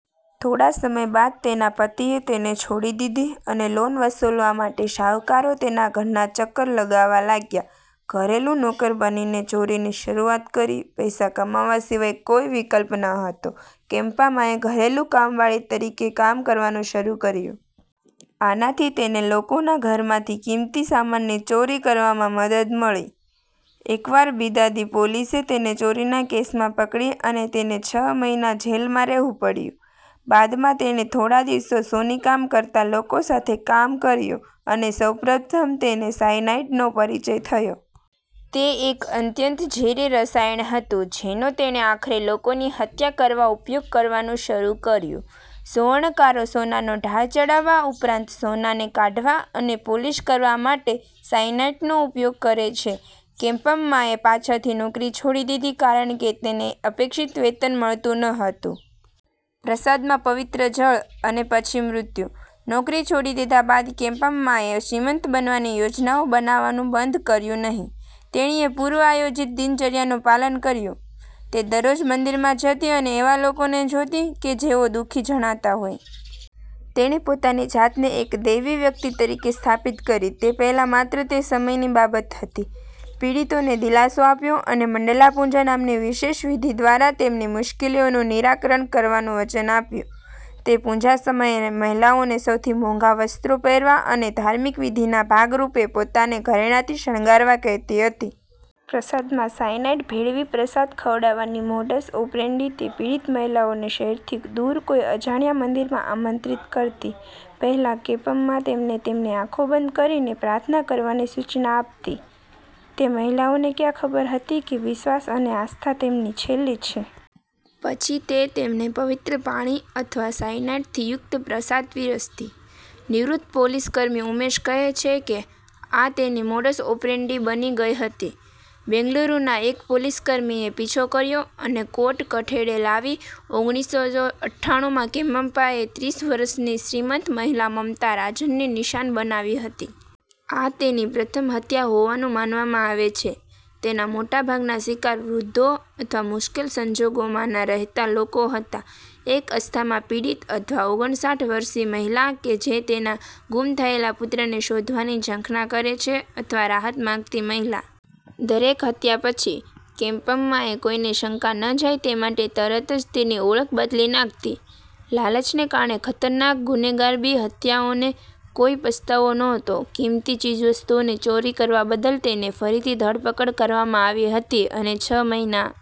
થોડા સમય બાદ તેના પતિએ તેને છોડી દીધી અને લોન વસૂલવા માટે શાહુકારો તેના ઘરના ચક્કર લગાવવા લાગ્યા. ઘરેલુ નોકર બનીને ચોરીની શરૂઆત કરી, પૈસા કમાવા સિવાય કોઈ વિકલ્પ ન હતો, કેમ્પમ્માએ ઘરેલુ કામવાળી તરીકે કામ કરવાનું શરૂ કર્યું. આનાથી તેને લોકોના ઘરમાંથી કિંમતી સામાનની ચોરી કરવામાં મદદ મળી. એકવાર બિદાદી પોલીસે તેને ચોરીના કેસમાં પકડી અને તેને છ મહિના જેલમાં રહેવું પડ્યું. બાદમાં તેણે થોડા દિવસો સોની કામ કરતા લોકો સાથે કામ કર્યું અને સૌપ્રથમ તેને સાયનાઈડનો પરિચય થયો. તે એક અત્યંત ઝેરી રસાયણ હતું, જેનો તેણે આખરે લોકોની હત્યા કરવા ઉપયોગ કરવાનું શરૂ કર્યું. સુવર્ણકારો સોનાનો ઢોળ ચઢાવવા ઉપરાંત, સોનાને કાઢવા અને પોલિશ કરવા માટે સાયનાઇડનો ઉપયોગ કરે છે. કેમ્પમ્માએ પાછળથી નોકરી છોડી દીધી કારણ કે, તેણીને અપેક્ષિત વેતન મળતું ન હતું. પ્રસાદમાં પવિત્ર જળ અને પછી મૃત્યુ. નોકરી છોડી દીધા બાદ, કેમ્પમ્માએ શ્રીમંત બનવાની યોજનાઓ બનાવવાનું બંધ કર્યું નહીં. તેણીએ પૂર્વ આયોજિત દિનચર્યાનું પાલન કર્યું. તે દરરોજ મંદિરમાં જતી અને એવા લોકોને જોતી કે જેઓ દુઃખી જણાતા હોય. તેણે પોતાની જાતને એક દૈવી વ્યક્તિ તરીકે સ્થાપિત કરી, તે પહેલાં માત્ર તે સમયની બાબત હતી. પીડિતોને દિલાસો આપ્યો અને 'મંડલા પૂજા' નામની વિશેષ વિધિ દ્વારા તેમની મુશ્કેલીઓનું નિરાકરણ કરવાનું વચન આપ્યું. તે પૂજા સમયે મહિલાઓને સૌથી મોંઘા વસ્ત્રો પહેરવા અને ધાર્મિક વિધિના ભાગરૂપે પોતાને ઘરેણાંથી શણગારવા કહેતી હતી. પ્રસાદમાં સાયનાઈડ ભેળવી પ્રસાદ ખવડાવવાની મોડસ ઓપરેન્ડી તે પીડિત મહિલાઓને શહેરથી દુર કોઈ અજાણ્યા મંદિરમાં આમંત્રિત કરતી, પહેલા કેમ્પમ્મા તેમને તેમની આંખો બંધ કરીને પ્રાર્થના કરવાની સૂચના આપતી. તે મહિલાઓને ક્યાં ખબર હતી કે વિશ્વાસ અને આસ્થા તેમની છેલ્લી છે. પછી તે તેમને "પવિત્ર પાણી" અથવા સાઇનાઇડથી યુક્ત પ્રસાદ પીરસતી. નિવૃત્ત પોલીસકર્મી ઉમેશ કહે છે કે, આ તેની મોડસ ઓપરેન્ડી બની ગઈ હતી. બેંગલુરુના એક પોલીસકર્મીએ પીછો કર્યો અને કોર્ટ કઠેડે લાવી ઓગણીસસો અઠ્ઠાનુંમાં કેમ્પમ્માએ ત્રીસ વર્ષની શ્રીમંત મહિલા મમતા રાજનને નિશાન બનાવી હતી. આ તેની પ્રથમ હત્યા હોવાનું માનવામાં આવે છે. તેના મોટા ભાગના શિકાર, વૃદ્ધો અથવા મુશ્કેલ સંજોગોમાંના રહેતા લોકો હતા. એક અસ્થમા પીડિત અથવા ઓગણસાઠ વર્ષીય મહિલા કે જે તેના ગુમ થયેલા પુત્રને શોધવાની ઝંખના કરે છે, અથવા રાહત માંગતી મહિલા. દરેક હત્યા પછી, કેમ્પમ્મા કોઈને શંકા ન જાય તે માટે તરત જ તેની ઓળખ બદલી નાખતી. લાલચને કારણે ખતરનાક ગુનેગાર બી, હત્યાઓનો કોઈ પસ્તાવો નહોતો, કીમતી ચીજવસ્તુઓની ચોરી કરવા બદલ તેની ફરીથી ધરપકડ કરવામાં આવી હતી અને છ મહિના